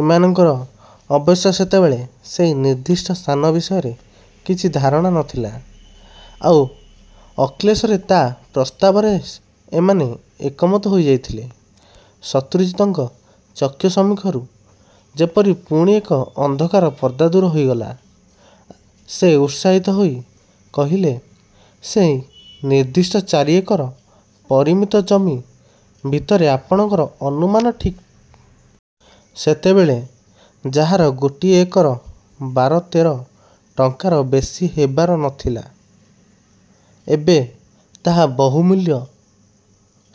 ଏମାନଙ୍କର ଅବଶ୍ୟ ସେତେବେଳେ ସେଇ ନିର୍ଦ୍ଦିଷ୍ଟ ସ୍ଥାନ ବିଷୟରେ କିଛି ଧାରଣା ନ ଥିଲା। ଆଉ ଅକ୍ଲେଶରେ ତା' ପ୍ରସ୍ତାବରେ ଏମାନେ ଏକମତ ହୋଇଯାଇଥିଲେ। ' ଶତ୍ରୁଜିତଙ୍କ ଚକ୍ଷୁ ସମ୍ମୁଖରୁ ଯେପରି ପୁଣି ଏକ ଅନ୍ଧକାର ପର୍ଦ୍ଦା ଦୂର ହୋଇଗଲା। ସେ ଉତ୍ସାହିତ ହୋଇ କହିଲେ, 'ସେଇ ନିର୍ଦ୍ଦିଷ୍ଟ ଚାରି ଏକର ପରିମିତ ଜମି ଭିତରେ' 'ଆପଣଙ୍କର ଅନୁମାନ ଠିକ୍। ସେତେବେଳେ ଯାହାର ଗୋଟିଏ ଏକର ବାର ତେର ଟଙ୍କାର ବେଶୀ ହେବାର ନ ଥିଲା, ଏବେ ତାହା ବହୁମୂଲ୍ୟ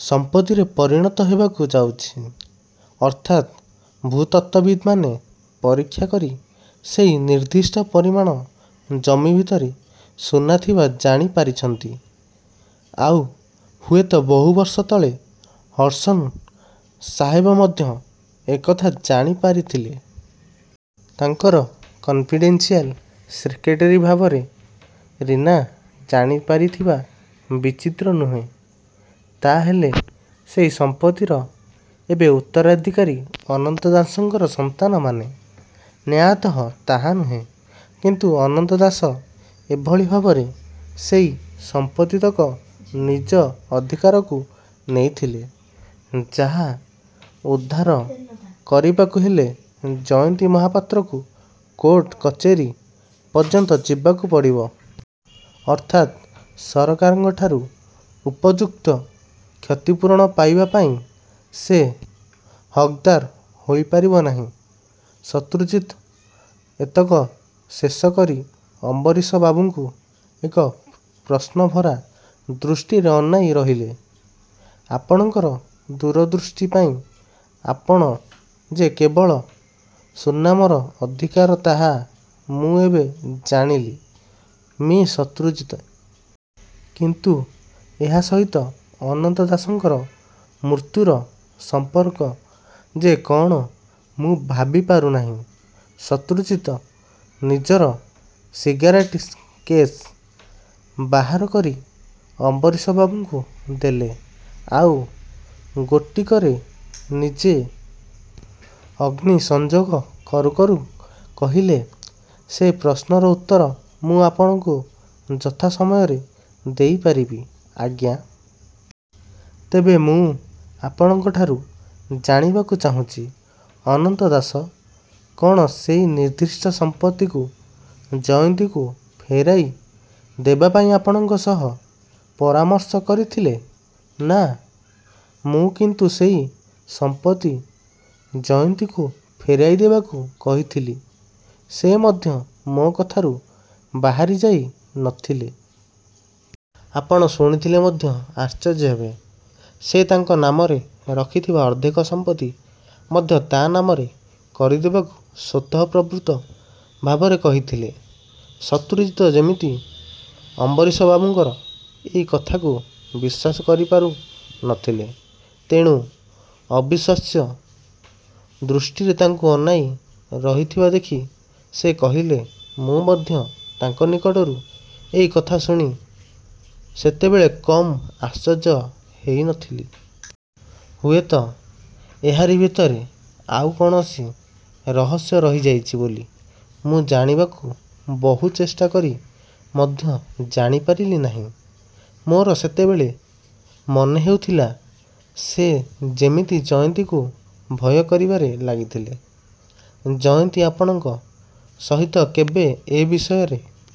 ସମ୍ପତ୍ତିରେ ପରିଣତ ହେବାକୁ ଯାଉଛି। ଅର୍ଥାତ ଭୂତତ୍ତ୍ୱବିତ୍ମାନେ ପରୀକ୍ଷା କରି ସେଇ ନିର୍ଦ୍ଦଷ୍ଟ ପରିମାଣ ଜମି ଭିତରେ ସୁନା ଥିବା ଜାଣିପାରିଛନ୍ତି। ଆଉ ହୁଏତ ବହୁତ ବର୍ଷ ତଳେ ହଡ୍ସନ ସାହେବ ମଧ୍ୟ ଏକଥା ଜାଣିପାରିଥିଲେ। ତାଙ୍କର କନ୍ଫିଡେନସିଆଲ ସେକ୍ରେଟେରୀ ଭାବରେ ରୀନା ଜାଣିପାରିଥିବା ବିଚିତ୍ର ନୁହେଁ। ' 'ତା' ହେଲେ ସେଇ ସମ୍ପତ୍ତିର ଏବେ ଉତ୍ତରାଧିକାରୀ ଅନନ୍ତ ଦାସଙ୍କର ସନ୍ତାନମାନେ? ' 'ନ୍ୟାୟତଃ ତାହା ନୁହେଁ। କିନ୍ତୁ ଅନନ୍ତ ଦାସ ଏଭଳି ଭାବରେ ସେଇ ସମ୍ପତ୍ତିତକ ନିଜ ଅଧିକାରକୁ ନେଇଥିଲେ, ଯାହା ଉଦ୍ଧାର କରିବାକୁ ହେଲେ ଜୟନ୍ତୀ ମହାପାତ୍ରକୁ କୋର୍ଟ କଚେରୀ ପର୍ଯ୍ୟନ୍ତ ଯିବାକୁ ପଡ଼ିବ। ଅର୍ଥାତ୍ ସରକାରଙ୍କଠାରୁ ଉପଯୁକ୍ତ କ୍ଷତିପୂରଣ ପାଇବାପାଇଁ ସେ ହକ୍ଦାର ହୋଇପାରିବ ନାହିଁ? ' ଶତ୍ରୁଜିତ ଏତକ ଶେଷ କରି ଅମ୍ବରୀଶ ବାବୁଙ୍କୁ ଏକ ପ୍ରଶ୍ନଭରା ଦୃଷ୍ଟିରେ ଅନାଇ ରହିଲେ। 'ଆପଣଙ୍କର ଦୂରଦୃଷ୍ଟି ପାଇଁ ଆପଣ ଯେ କେବଳ ସୁନାମର ଅଧିକାର, ତାହା ମୁଁ ଏବେ ଜାଣିଲି, ମି: ଶତ୍ରୁଜତି! କିନ୍ତୁ ଏହା ସହିତ ଅନନ୍ତ ଦାସଙ୍କର ମୃତ୍ୟୁର ସମ୍ପର୍କ ଯେ କ'ଣ ମୁଁ ଭାବିପାରୁନାହିଁ। ' ଶତ୍ରୁଜିତ ନିଜର ସିଗାରେଟ କେସ୍। ବାହାର କରି ଅମ୍ବରୀଶ ବାବୁଙ୍କୁ ଦେଲେ। ଆଉ ଗୋଟିକରେ ନିଜେ ଅଗ୍ନିସଂଯୋଗ କରୁ କରୁ କହିଲେ, 'ସେ ପ୍ରଶ୍ନର ଉତ୍ତର ମୁଁ ଆପଣଙ୍କୁ ଯଥାସମୟରେ ଦେଇପାରିବି, ଆଜ୍ଞା! ତେବେ ମୁଁ ଆପଣଙ୍କଠାରୁ ଜାଣିବାକୁ ଚାହୁଁଛି, ଅନନ୍ତ ଦାସ କ'ଣ ସେଇ ନିର୍ଦ୍ଦିଷ୍ଟ ସମ୍ପତ୍ତିକୁ ଜୟନ୍ତୀକୁ ଫେରାଇ ଦେବାପାଇଁ ଆପଣଙ୍କ ସହ ପରାମର୍ଶ କରିଥିଲେ-? ' 'ନା। ମୁଁ କିନ୍ତୁ ସେଇ ସମ୍ପତ୍ତି ଜୟନ୍ତୀକୁ ଫେରାଇ ଦେବାକୁ କହିଥିଲି। ସେ ମଧ୍ୟ ମୋ କଥାରୁ ବାହାରିଯାଇ ନ ଥିଲେ। ଆପଣ ଶୁଣିଲେ ମଧ୍ୟ ଆଶ୍ଚର୍ଯ୍ୟ ହେବେ, ସେ ତାଙ୍କ ନାମରେ ରଖିଥିବା ଅର୍ଦ୍ଧେକ ସମ୍ପତ୍ତି ମଧ୍ୟ ତା' ନାମରେ କରିଦେବାକୁ ସ୍ୱତଃପ୍ରବୃତ୍ତ ଭାବରେ କହିଥିଲେ। ' ଶତ୍ରୁଜିତ ଯେମିତି ଅମ୍ବରୀଶବାବୁଙ୍କର ଏଇ କଥାକୁ ବିଶ୍ୱାସ କରିପାରୁ ନ ଥିଲେ। ତେଣୁ ଅବିଶ୍ୱାସ୍ୟ ଦୃଷ୍ଟିରେ ତାଙ୍କୁ ଅନାଇ ରହିଥିବା ଦେଖି ସେ କହିଲେ, 'ମୁଁ ମଧ୍ୟ ତାଙ୍କ ନିକଟରୁ ଏଇ କଥା ଶୁଣି ସେତେବେଳେ କମ୍ ଆଶ୍ଚର୍ଯ୍ୟ ହେଇ ନ ଥିଲି। ହୁଏତ ଏହାରି ଭିତରେ ଆଉ କୌଣସି ରହସ୍ୟ ରହିଯାଇଛି ବୋଲି ମୁଁ ଜାଣିବାକୁ ବହୁ ଚେଷ୍ଟା କରି ମଧ୍ୟ ଜାଣିପାରିଲି ନାହିଁ। ମୋର ସେତେବେଳେ ମନେହେଉଥିଲା, ସେ ଯେମିତି ଜୟନ୍ତୀକୁ ଭୟ କରିବାରେ ଲାଗିଥିଲେ। ' 'ଜୟନ୍ତୀ ଆପଣଙ୍କ ସହିତ କେବେ ଏ ବିଷୟରେ